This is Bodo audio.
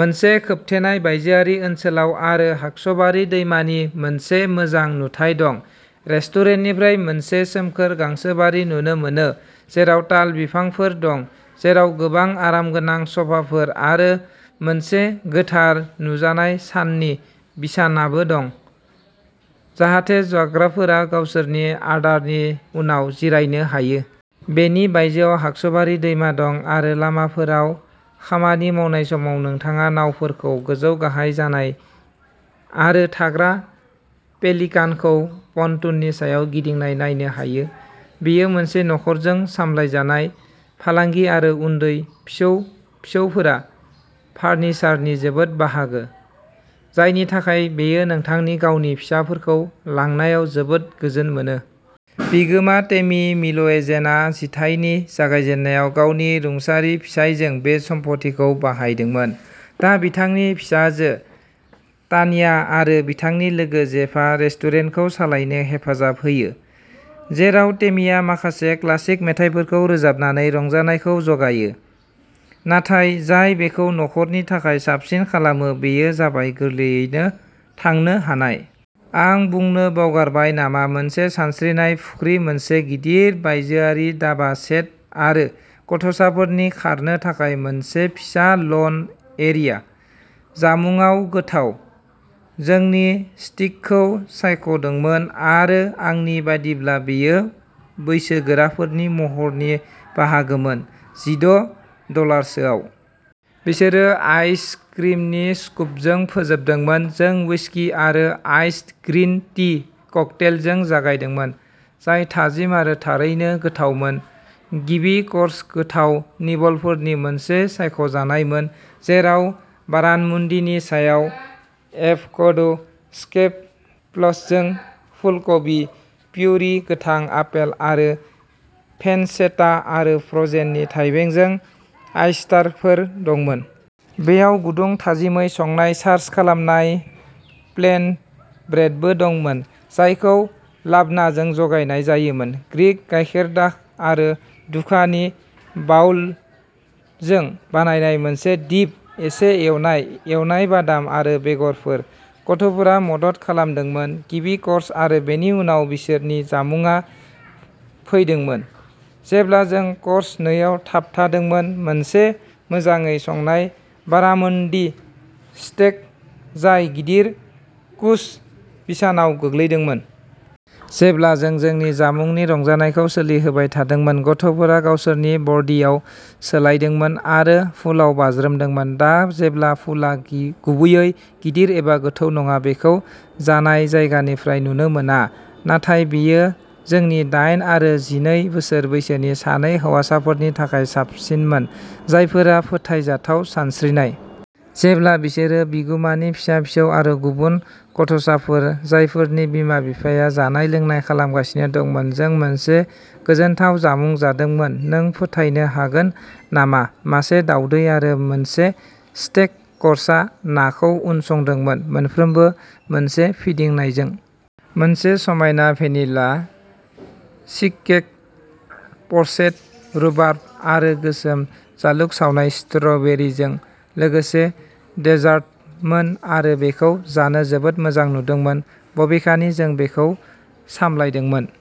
मोनसे खोबथेनाय बायजोआरि ओनसोलाव आरो हक्सबारि दैमानि मोनसे मोजां नुथाय दं। रेस्टुरेन्टनिफ्राय मोनसे सोमखोर गांसोबारि नुनो मोनो, जेराव ताल बिफांफोर दं, जेराव गोबां आरामगोनां स'फाफोर आरो मोनसे गोथार नुजानाय साननि बिसनाबो दं, जाहाथे जाग्राफोरा गावसोरनि आदारनि उनाव जिरायनो हायो। बेनि बायजोआव हक्सबारि दैमा दं आरो लामाफोराव खामानि मावनाय समाव, नोंथाङा नावफोरखौ गोजौ गाहाय जानाय आरो थाग्रा पेलिकानखौ पनटूननि सायाव गिदिंनाय नायनो हायो। बेयो मोनसे नखरजों सालायजानाय फालांगि आरो उन्दै फिसौ फिसौफोरा फारनिसारनि जोबोद बाहागो, जायनि थाखाय बेयो नोंथांनि गावनि फिसाफोरखौ लांनायाव जोबोद गोजोन मोनो। बिगोमा टेमी मिलज'एनआ जिथाइनि जागायजेन्नायाव गावनि रुंसारि फिसाइजों बे सम्फथिखौ बायदोंमोन। दा बिथांनि फिसाजो तान्या आरो बिथांनि लोगो जेफआ रेस्टुरेन्टखौ सालायनो हेफाजाब होयो, जेराव टेमीआ माखासे क्लासिक मेथाइफोरखौ रोजाबनानै रंजानायखौ जगायो। नाथाय, जाय बेखौ नखरफोरनि थाखाय साबसिन खालामो बेयो जाबाय गोरलैयै थांनो हानाय। आं बुंनो बावगारबाय नामा, मोनसे सानस्रिनाय फुख्रि, मोनसे गिदिर बायजोआरि दाबा सेट आरो गथ'साफोरनि खारनो थाखाय मोनसे फिसा लन एरिया। जामुंआ गोथाव। जोंनि स्टिकखौ सायख'दोंमोन आरो आंनि बायदिब्ला बेयो बैसोगोराफोरनि महरनि बाहागोमोन, जिद' डलारसोआव। बिसोरो आइस क्रिमनि स्कुपजों फोजोबदोंमोन। जों हुइस्कि आरो आइसड ग्रीन टी ककटेलजों जागायदोंमोन, जाय थाजिम आरो थारैनो गोथावमोन। गिबि कर्सआ गोथाव निबलफोरनि मोनसे सायख'नायमोन, जेराव बारामुन्डीनि सायाव एभ'केडो स्कैलप्सजों फुलकबि प्युरि, गोथां आपेल आरो पेनचेटा आरो फ्र'जेन थाइबेंजों आयस्टारफोर दंमोन। बेयाव गुदुं, थाजिमै संनाय, चार्ज खालामजानाय फ्लेटब्रेडबो दंमोन, जायखौ लाब्नाजों जगायनाय जायोमोन, ग्रीक गाइखेरदाख आरो दुक्कानि बाउलजों बानायनाय मोनसे डिप, एसे एवनाय एवनाय बादाम आरो बेगरफोर। गथ'फोरा मदद खालामदोंमोन। गिबि कर्स आरो बेनि उनाव बिसोरनि जामुंआ फैदोंमोन जेब्ला जों कर्स नैआव थाबथादोंमोन, मोनसे मोजाङै संनाय बारामुन्डी स्टेक, जाय गिदिर कुसनि बिसानाव गोग्लैदोंमोन। जेब्ला जों जोंनि जामुंनि रंजानायखौ सोलिहोबाय थादोंमोन, गथ'फोरा गावसोरनि बर्डियाव सोलायदोंमोन आरो पुलआव बाज्रुमदोंमोन। दा, जेब्ला पुलआ गुबैयै गिदिर एबा गोथौ नङा, बेखौ जानाय जायगानिफ्राय नुनो मोना। नाथाय बेयो जोंनि दाइन आरो जिनै बोसोर बैसोनि सानै हौवासाफोरनि थाखाय साबसिनमोन, जायफोरा फोथायजाथाव सानस्रिनाय। जेब्ला बिसोरो बिगुमानि फिसौ फिसौ आरो गुबुन गथ'साफोर जायफोरनि बिमा बिफाया जानाय लोंनाय खालामगासिनो दंमोन, जों मोनसे गोजोनथाव जामुं जादोंमोन। नों फोथायनो हागोन नामा मासे दावदै आरो मोनसे स्टेक कर्सआ नाखौ उनसंदोंमोन, मोनफ्रोमबो मोनसे फिदिंनायजों। मोनसे समायना भेनिला चीगकेक, प'चेद रुबार्ब आरो गोसोम जालुग सावनाय स्ट्र'बेरिजों लोगोसे डेजार्टमोन आरो बेखौ जानो जोबोद मोजां नुदोंमोन, बबेखानि जों बेखौ सामलायदोंमोन।